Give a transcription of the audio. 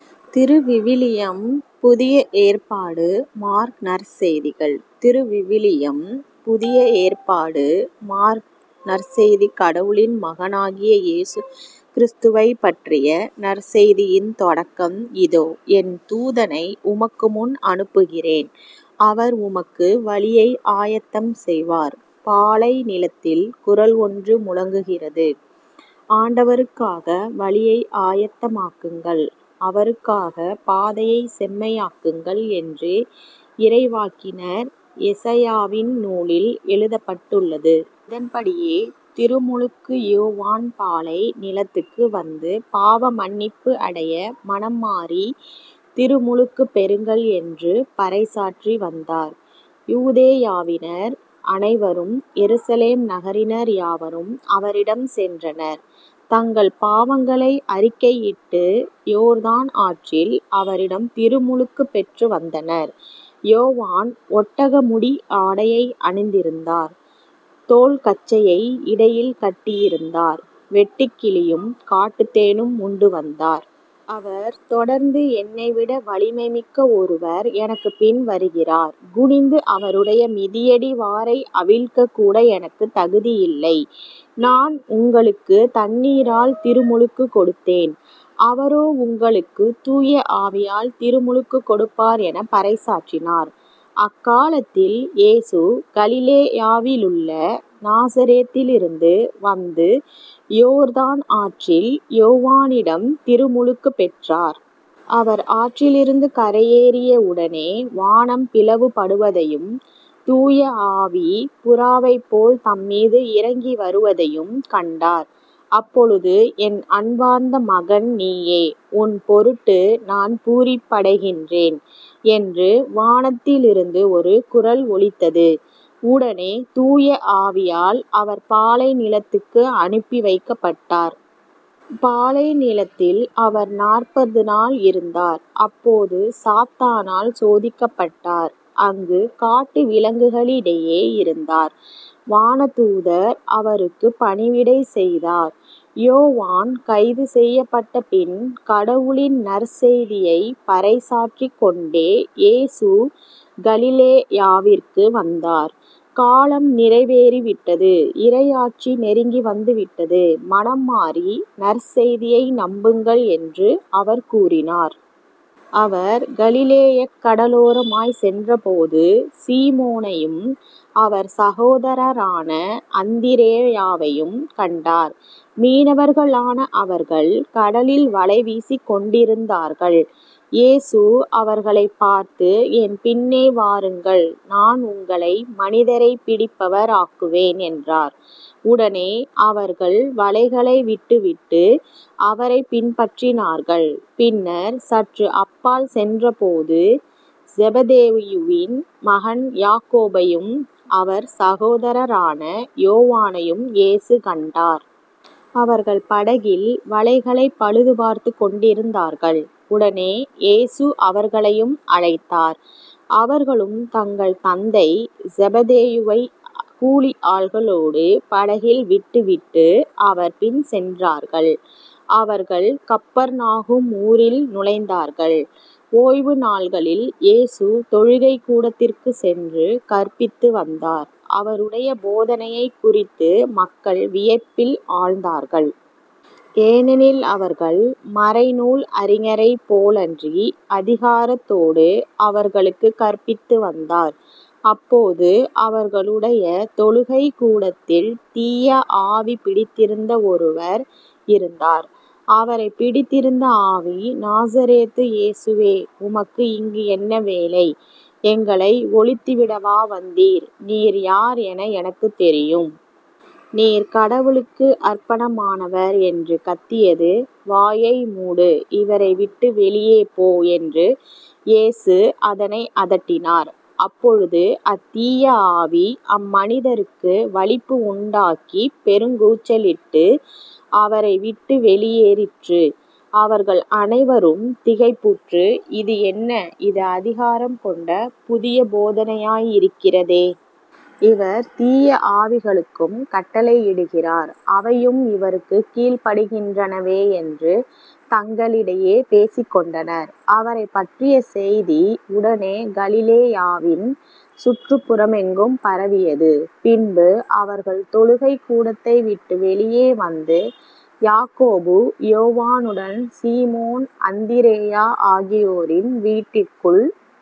திருவிவிலியம் புதிய ஏற்பாடு மார்க் நற்செய்திகள் திருவிவிலியம் புதிய ஏற்பாடு மாற்கு நற்செய்தி கடவுளின் மகனாகிய இயேசு கிறிஸ்துவைப் பற்றிய நற்செய்தியின் தொடக்கம் இதோ என் தூதனை உமக்குமுன் அனுப்புகிறேன் அவர் உமக்கு வழியை ஆயத்தம் செய்வார். பாலை நிலத்தில் குரல் ஒன்று முழங்குகிறது ஆண்டவருக்காக வழியை ஆயத்தமாக்குங்கள் அவருக்காகப் பாதையைச் செம்மையாக்குங்கள் என்று இறைவாக்கினர் எசாயாவின் நூலில் எழுதப்பட்டுள்ளது. இதன்படியே திருமுழுக்கு யோவான் பாலை நிலத்துக்கு வந்து பாவ மன்னிப்பு அடைய மனம் மாறித் திருமுழுக்குப் பெறுங்கள் என்று பறைசாற்றி வந்தார். யூதேயாவினர் அனைவரும் எருசலேம் நகரினர் யாவரும் அவரிடம் சென்றனர் தங்கள் பாவங்களை அறிக்கையிட்டு யோர்தான் ஆற்றில் அவரிடம் திருமுழுக்குப் பெற்று வந்தனர். யோவான் ஒட்டக முடி ஆடையை அணிந்திருந்தார் தோல்கச்சையை இடையில் கட்டியிருந்தார் வெட்டுக்கிளியும் காட்டுத்தேனும் உண்டு வந்தார். அவர் தொடர்ந்து என்னைவிட வலிமை மிக்க ஒருவர் எனக்குப்பின் வருகிறார். குனிந்து அவருடைய மிதியடி வாரை அவிழ்க்கக் கூட எனக்குத் தகுதியில்லை. நான் உங்களுக்குத் தண்ணீரால் திருமுழுக்குக் கொடுத்தேன் அவரோ உங்களுக்குத் தூய ஆவியால் திருமுழுக்குக் கொடுப்பார் எனப் பறைசாற்றினார். அக்காலத்தில் இயேசு கலிலேயாவிலுள்ள நாசரேத்திலிருந்து வந்து யோர்தான் ஆற்றில் யோவானிடம் திருமுழுக்குப் பெற்றார். அவர் ஆற்றிலிருந்து கரையேறிய உடனே வானம் பிளவுபடுவதையும் தூய ஆவி புறாவைப் போல் தம்மீது இறங்கிவருவதையும் கண்டார். அப்பொழுது என் அன்பார்ந்த மகன் நீயே, உன்பொருட்டு நான் பூரிப்படைகின்றேன் என்று வானத்திலிருந்து ஒரு குரல் ஒலித்தது. உடனே தூய ஆவியால் அவர் பாலைநிலத்துக்கு அனுப்பி வைக்கப்பட்டார். பாலை நிலத்தில் அவர் நாற்பது நாள் இருந்தார் அப்போது சாத்தானால் சோதிக்கப்பட்டார் அங்குக் காட்டு விலங்குகளிடையே இருந்தார். வானதூதர் அவருக்குப் பணிவிடை செய்தார். யோவான் கைதுசெய்யப்பட்டபின் கடவுளின் நற்செய்தியைப் பறைசாற்றிக் கொண்டே இயேசு கலிலேயாவிற்கு வந்தார். காலம் நிறைவேறிவிட்டது. இறையாட்சி நெருங்கி வந்து விட்டது மனம் மாறி நற்செய்தியை நம்புங்கள் என்று அவர் கூறினார். அவர் கலிலேயக் கடலோரமாய்ச் சென்றபோது சீமோனையும் அவர் சகோதரரான அந்திரேயாவையும் கண்டார். மீனவர்களான அவர்கள் கடலில் வலை வீசிக்கொண்டிருந்தார்கள். இயேசு அவர்களைப் பார்த்து என் பின்னே வாருங்கள் நான் உங்களை மனிதரைப் பிடிப்பவர் ஆக்குவேன் என்றார். உடனே அவர்கள் வலைகளை விட்டுவிட்டு அவரைப் பின்பற்றினார்கள். பின்னர் சற்று அப்பால் சென்றபோது செபதேயுவின் மகன் யாக்கோபையும் அவர் சகோதரரான யோவானையும் இயேசு கண்டார். அவர்கள் படகில் வலைகளைப் பழுது பார்த்துக் கொண்டிருந்தார்கள். உடனே இயேசு அவர்களையும் அழைத்தார். அவர்களும் தங்கள் தந்தை செபதேயுவைக் கூலியாள்களோடு படகில் விட்டுவிட்டு அவர் பின் சென்றார்கள். அவர்கள் கப்பர்நாகும் ஊரில் நுழைந்தார்கள். ஓய்வு நாள்களில் இயேசு தொழுகைக்கூடத்திற்குச் சென்று கற்பித்து வந்தார். அவருடைய போதனையைக் குறித்து மக்கள் வியப்பில் ஆழ்ந்தார்கள். ஏனெனில் அவர் மறைநூல் அறிஞரைப் போலன்றி அதிகாரத்தோடு அவர்களுக்குக் கற்பித்து வந்தார். அப்போது அவர்களுடைய தொழுகைக்கூடத்தில் தீய ஆவி பிடித்திருந்த ஒருவர் இருந்தார். அவரைப் பிடித்திருந்த ஆவி நாசரேத்து இயேசுவே உமக்கு இங்கு என்ன வேலை? எங்களை ஒழித்துவிடவா வந்தீர்? நீர் யார் என எனக்குத் தெரியும். நீர் கடவுளுக்கு அர்ப்பணமானவர் என்று கத்தியது. வாயை மூடு இவரை விட்டு வெளியோ போ என்று இயேசு அதனை அதட்டினார். அப்பொழுது அத்தீய ஆவி அம்மனிதருக்கு வலிப்பு உண்டாக்கிப் பெருங்கூச்சலிட்டு அவரை விட்டு வெளியேறிற்று. அவர்கள் அனைவரும் திகைப்புற்று இது என்ன? இது அதிகாரம் கொண்ட புதிய போதனையாய் இருக்கிறதே. இவர் தீய ஆவிகளுக்கும் கட்டளையிடுகிறார் அவையும் இவருக்குக் கீழ்ப்படிகின்றனவே. என்று தங்களிடையே பேசிக் கொண்டனர். அவரைப் பற்றிய செய்தி உடனே கலிலேயாவின் சுற்றுப்புறமெங்கும் பரவியது. பின்பு அவர்கள் தொழுகைக் கூடத்தை விட்டு வெளியே வந்து யாக்கோபு யோவானுடன் சீமோன் அந்திரேயா ஆகியோரின் வீட்டிற்குள்